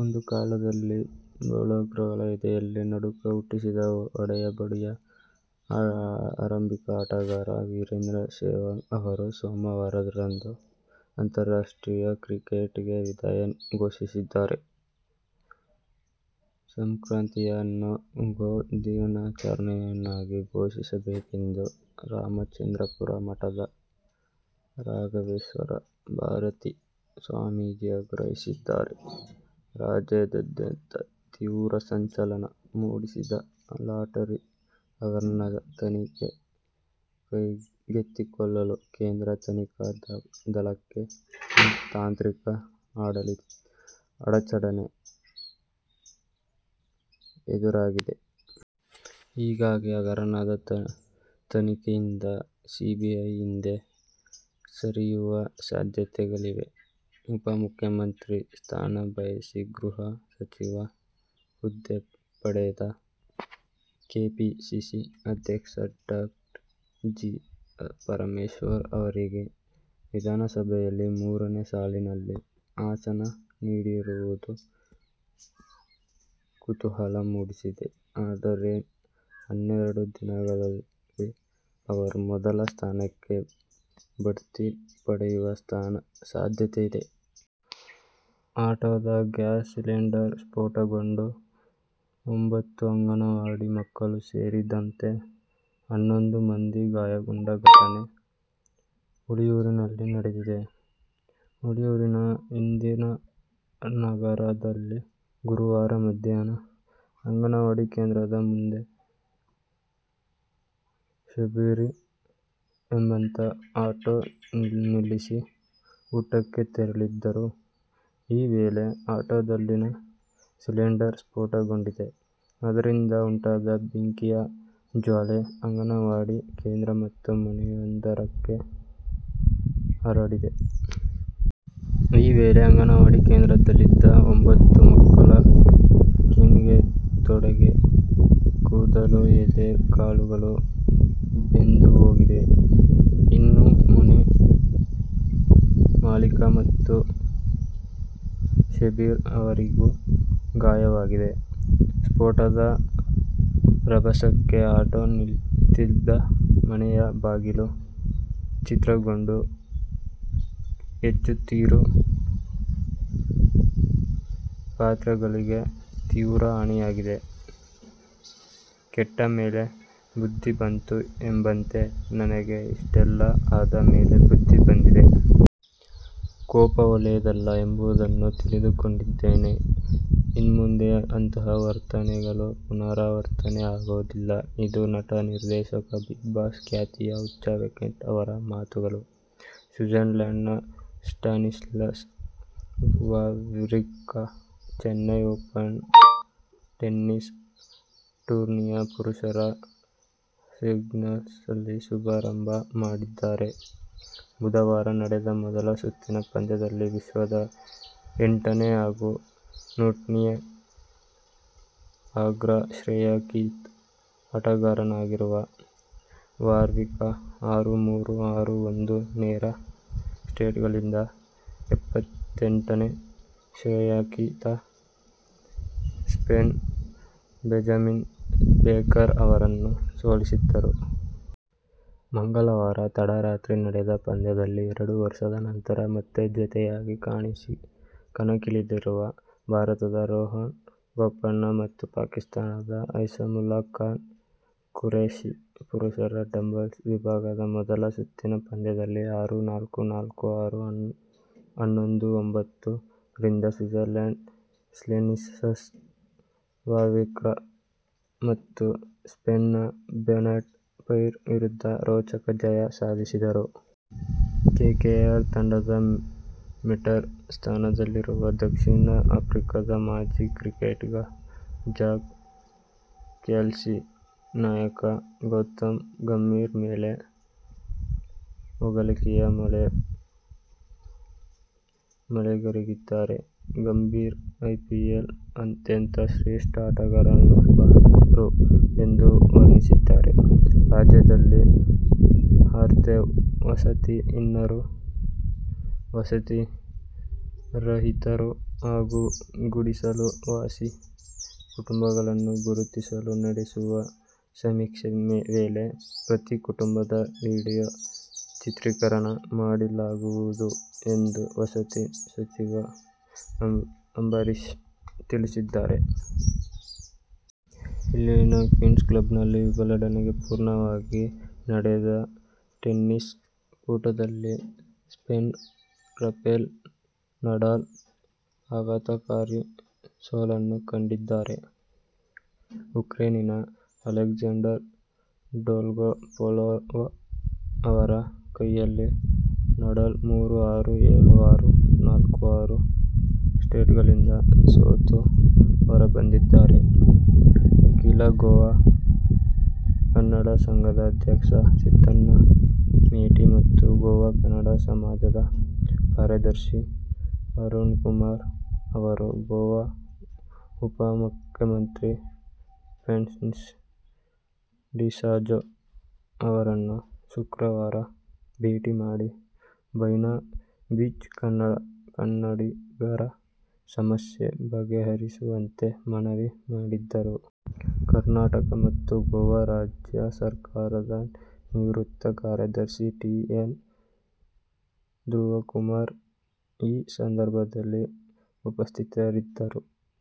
ಒಂದು ಕಾಲದಲ್ಲಿ ಬೌಲರ್ಗಳ ಎದೆಯಲ್ಲಿ ನಡುಕ ಹುಟ್ಟಿಸಿದ್ದ ಹೊಡೆಬಡಿಯ ಆರಂಭಿಕ ಆಟಗಾರ ವೀರೇಂದ್ರ ಸೆಹ್ವಾಗ್ ಅವರು ಸೋಮವಾರದಂದು ಅಂತಾರಾಷ್ಟ್ರೀಯ ಕ್ರಿಕೆಟಿಗೆ ವಿದಾಯ ಘೋಷಿಸಿದ್ದಾರೆ. ಸಂಕ್ರಾತಿಯನ್ನು ಗೋ ದಿನಾಚರಣೆಯನ್ನಾಗಿ ಘೋಷಿಸಬೇಕೆಂದು ರಾಮಚಂದ್ರಾಪುರ ಮಠದ ರಾಘವೇಶ್ವರ ಭಾರತೀ ಸ್ವಾಮೀಜಿ ಆಗ್ರಹಿಸಿದ್ದಾರೆ. ರಾಜ್ಯಾದ್ಯಂತ ತೀವ್ರ ಸಂಚಲನ ಮೂಡಿಸಿದ್ದ ಲಾಟರಿ ಹಗರಣದ ತನಿಖೆ ಕೈಗೆತ್ತಿಕೊಳ್ಳಲು ಕೇಂದ್ರ ತನಿಖಾ ದಳಕ್ಕೆ ತಾಂತ್ರಿಕ ಅಡಚಣೆ ಎದುರಾಗಿದೆ. ಹೀಗಾಗಿ ಹಗರಣದ ತನಿಖೆಯಿಂದ ಸಿಬಿಐ ಹಿಂದೆ ಸರಿಯುವ ಸಾಧ್ಯತೆಗಳಿವೆ. ಉಪ ಮುಖ್ಯಮಂತ್ರಿ ಸ್ಥಾನ ಬಯಸಿ ಗೃಹ ಸಚಿವ ಹುದ್ದೆ ಪಡೆದ ಕೆಪಿಸಿಸಿ ಅಧ್ಯಕ್ಷ ಡಾ ಜಿ. ಪರಮೇಶ್ವರ್ ಅವರಿಗೆ ವಿಧಾನಸಭೆಯಲ್ಲಿ ಮೂರನೇ ಸಾಲಿನಲ್ಲಿ ಆಸನ ನೀಡಿರುವುದು ಕುತೂಹಲ ಮೂಡಿಸಿದೆ. ಆದರೆ ಇನ್ನೆರಡು ದಿನದಲ್ಲಿ ಅವರು ಮೊದಲ ಸ್ಥಾನಕ್ಕೆ ಭಡ್ತಿ ಪಡೆಯುವ ಸಾಧ್ಯತೆ ಇದೆ. ಆಟೋದ ಗ್ಯಾಸ್ ಸಿಲಿಂಡರ್ ಸ್ಫೋಟಗೊಂಡು ಒಂಬತ್ತು ಅಂಗನವಾಡಿ ಮಕ್ಕಳು ಸೇರಿದಂತೆ ಹನ್ನೊಂದು ಮಂದಿ ಗಾಯಗೊಂಡ ಘಟನೆ ಹುಳಿಯೂರಿನಲ್ಲಿ ನಡೆದಿದೆ. ಹುಳಿಯೂರಿನ ಇಂದಿರಾನಗರದಲ್ಲಿ ಗುರುವಾರ ಮಧ್ಯಾಹ್ನ ಅಂಗನವಾಡಿ ಕೇಂದ್ರದ ಮುಂದೆ ಶಬ್ಬೀರ್ ಎಂಬಾತ ಆಟೋ ನಿಲ್ಲಿಸಿ ಊಟಕ್ಕೆ ತೆರಳಿದ್ದರು. ಈ ವೇಳೆ ಆಟೋದಲ್ಲಿನ ಸಿಲಿಂಡರ್ ಸ್ಫೋಟಗೊಂಡಿದೆ. ಇದರಿಂದ ಉಂಟಾದ ಬೆಂಕಿಯ ಜ್ವಾಲೆ ಅಂಗನವಾಡಿ ಕೇಂದ್ರ ಮತ್ತು ಮನೆಯೊಂದಕ್ಕೆ ಹರಡಿದೆ. ಈ ವೇಳೆ ಅಂಗನವಾಡಿ ಕೇಂದ್ರದಲ್ಲಿದ್ದ ಒಂಬತ್ತು ಮಕ್ಕಳ ಕೆನ್ನೆ, ತೊಡೆ, ಕೂದಲು, ಎದೆ, ಕಾಲುಗಳು ಬೆಂದುಹೋಗಿವೆ. ಇನ್ನು ಮನೆ ಮಾಲೀಕ ಮತ್ತು ಶಬ್ಬೀರ್ ಅವರಿಗೂ ಗಾಯವಾಗಿದೆ. ಸ್ಫೋಟದ ರಭಸಕ್ಕೆ ಆಟೋ ನಿಂತಿದ್ದ ಮನೆಯ ಬಾಗಿಲು ಛಿದ್ರಗೊಂಡು ಹೆಂಚು, ತೀರು, ಪಾತ್ರೆಗಳಿಗೆ ತೀವ್ರ ಹಾನಿಯಾಗಿದೆ. ಕೆಟ್ಟ ಮೇಲೆ ಬುದ್ಧಿ ಬಂತು ಎಂಬಂತೆ ನನಗೆ ಇಷ್ಟೆಲ್ಲಾ ಆದ ಮೇಲೆ ಬುದ್ದಿ ಬಂದಿದೆ. ಕೋಪ ಒಳ್ಳೆಯದಲ್ಲ ಎಂಬುದನ್ನು ತಿಳಿದುಕೊಂಡಿದ್ದೇನೆ. ಇನ್ಮುಂದೆ ಅಂತಹ ವರ್ತನೆಗಳು ಪುನರಾವರ್ತನೆ ಆಗೋದಿಲ್ಲ ಇದು ನಟ, ನಿರ್ದೇಶಕ, ಬಿಗ್ ಬಾಸ್ ಖ್ಯಾತಿಯ ಹುಚ್ಚ ವೆಂಕಟ್ ಅವರ ಮಾತುಗಳು. ಸ್ವಿಟ್ಜರ್ಲೆಂಡ್ನ Stanislas Wawrinka Chennai Open tennis ಟೂರ್ನಿಯ ಪುರುಷರ ಸಿಂಗಲ್ಸ್ನಲ್ಲಿ ಶುಭಾರಂಭ ಮಾಡಿದ್ದಾರೆ. ಬುಧವಾರ ನಡೆದ ಮೊದಲ ಸುತ್ತಿನ ಪಂದ್ಯದಲ್ಲಿ ವಿಶ್ವದ ಎಂಟನೇ ಹಾಗೂ ಟೂರ್ನಿಯ ಅಗ್ರಶ್ರೇಯಾಂಕಿತ ಆಟಗಾರನಾಗಿರುವ ವಾವ್ರಿಂಕಾ ಆರು-ಮೂರು, ಆರು-ಒಂದು ನೇರ ಸೆಟ್ಗಳಿಂದ ಎಪ್ಪತ್ತೆಂಟನೇ ಶ್ರೇಯಾಂಕಿತ ಸ್ಪೇನ್ನ ಬೆಂಜಮಿನ್ ಬೇಕರ್ ಅವರನ್ನು ಸೋಲಿಸಿದರು. ಮಂಗಳವಾರ ತಡರಾತ್ರಿ ನಡೆದ ಪಂದ್ಯದಲ್ಲಿ ಎರಡು ವರ್ಷದ ನಂತರ ಮತ್ತೆ ಜತೆಯಾಗಿ ಕಣಕ್ಕಿಳಿದಿರುವ ಭಾರತದ ರೋಹನ್ ಬೋಪಣ್ಣ ಮತ್ತು ಪಾಕಿಸ್ತಾನದ ಐಸಾಮುಲ್ ಹಕ್- ಖುರೇಷಿ ಪುರುಷರ ಡಬಲ್ಸ್ ವಿಭಾಗದ ಮೊದಲ ಸುತ್ತಿನ ಪಂದ್ಯದಲ್ಲಿ ಆರು-ನಾಲ್ಕು, ನಾಲ್ಕು- ಆರು, ಹನ್ನೊಂದು-ಒಂಬತ್ತು ರಿಂದ ಸ್ವಿಜರ್ಲೆಂಡ್ನ ಸ್ಲಾನಿಸ್ಲಾಸ್ ವಾವ್ರಿಂಕಾ ಮತ್ತು ಫ್ರಾನ್ಸ್ನ ಬೆನೊಟ್ ಪೈರ್ ವಿರುದ್ಧ ರೋಚಕ ಜಯ ಸಾಧಿಸಿದರು. ಕೆಕೆಆರ್ ತಂಡದ ಮೆಂಟರ್ ಸ್ಥಾನದಲ್ಲಿರುವ ದಕ್ಷಿಣ ಆಫ್ರಿಕಾದ ಮಾಜಿ ಕ್ರಿಕೆಟಿಗ ಜಾಕ್ ಕ್ಯಾಲಿಸ್, ನಾಯಕ ಗೌತಮ್ ಗಂಭೀರ್ ಮೇಲೆ ಹೊಗಳಿಕೆಯ ಮಳೆಗರೆದಿದ್ದಾರೆ. ಗಂಭೀರ್ ಐಪಿಎಲ್ನ ಅತ್ಯಂತ ಶ್ರೇಷ್ಠ ಆಟಗಾರರಲ್ಲೊಬ್ಬರು ಎಂದು ವರ್ಣಿಸಿದ್ದಾರೆ. ರಾಜ್ಯದಲ್ಲಿ ಅರ್ಹ ವಸತಿ ಹೀನರು, ವಸತಿರಹಿತರು ಹಾಗೂ ಗುಡಿಸಲು ವಾಸಿ ಕುಟುಂಬಗಳನ್ನು ಗುರುತಿಸಲು ನಡೆಸುವ ಸಮೀಕ್ಷೆ ವೇಳೆ ಪ್ರತಿ ಕುಟುಂಬದ ವಿಡಿಯೋ ಚಿತ್ರೀಕರಣ ಮಾಡಲಾಗುವುದು ಎಂದು ವಸತಿ ಸಚಿವ ಅಂಬರೀಶ್ ತಿಳಿಸಿದ್ದಾರೆ. ಇಲ್ಲಿನ ಕ್ವೀನ್ಸ್ ಕ್ಲಬ್ನಲ್ಲಿ ವಿಂಬಲ್ಡನ್ಗೆ ಪೂರ್ವಭಾವಿಯಾಗಿ ನಡೆದ ಟೆನ್ನಿಸ್ ಕೂಟದಲ್ಲಿ ಸ್ಪೇನ್ನ ರಫೆಲ್ ನಡಾಲ್ ಆಘಾತಕಾರಿ ಸೋಲನ್ನು ಕಂಡಿದ್ದಾರೆ. ಉಕ್ರೈನಿನ ಅಲೆಕ್ಸಾಂಡರ್ ಡೊಲ್ಗೊಪೋಲೋವ್ ಅವರ ಕೈಯಲ್ಲಿ ನಡಾಲ್ ಮೂರು-ಆರು, ಏಳು-ಆರು, ನಾಲ್ಕು-ಆರು ಸೆಟ್ಗಳಿಂದ ಸೋತು ಹೊರಬದ್ದಿದ್ದಾರೆ. ಅಖಿಲ ಗೋವಾ ಕನ್ನಡ ಸಂಘದ ಅಧ್ಯಕ್ಷ ಸಿದ್ದಣ್ಣ ಮೇಟಿ ಮತ್ತು ಗೋವಾ ಕನ್ನಡ ಸಮಾಜದ ಕಾರ್ಯದರ್ಶಿ ಅರುಣಕುಮಾರ ಅವರು ಗೋವಾ ಉಪಮುಖ್ಯಮಂತ್ರಿ ಫ್ರಾನ್ಸಿಸ್ ಡಿಸೋಜಾ ಅವರನ್ನು ಶುಕ್ರವಾರ ಭೇಟಿ ಮಾಡಿ ಬೈನಾ ಬೀಚ್ ಕನ್ನಡಿಗರ ಸಮಸ್ಯೆ ಬಗೆಹರಿಸುವಂತೆ ಮನವಿ ಮಾಡಿದರು. ಕರ್ನಾಟಕ ಮತ್ತು ಗೋವಾ ರಾಜ್ಯ ಸರ್ಕಾರದ ನಿವೃತ್ತ ಕಾರ್ಯದರ್ಶಿ ಟಿ. ಎನ್. ಧ್ರುವಕುಮಾರ ಈ ಸಂದರ್ಭದಲ್ಲಿ ಉಪಸ್ಥಿತರಿದ್ದರು.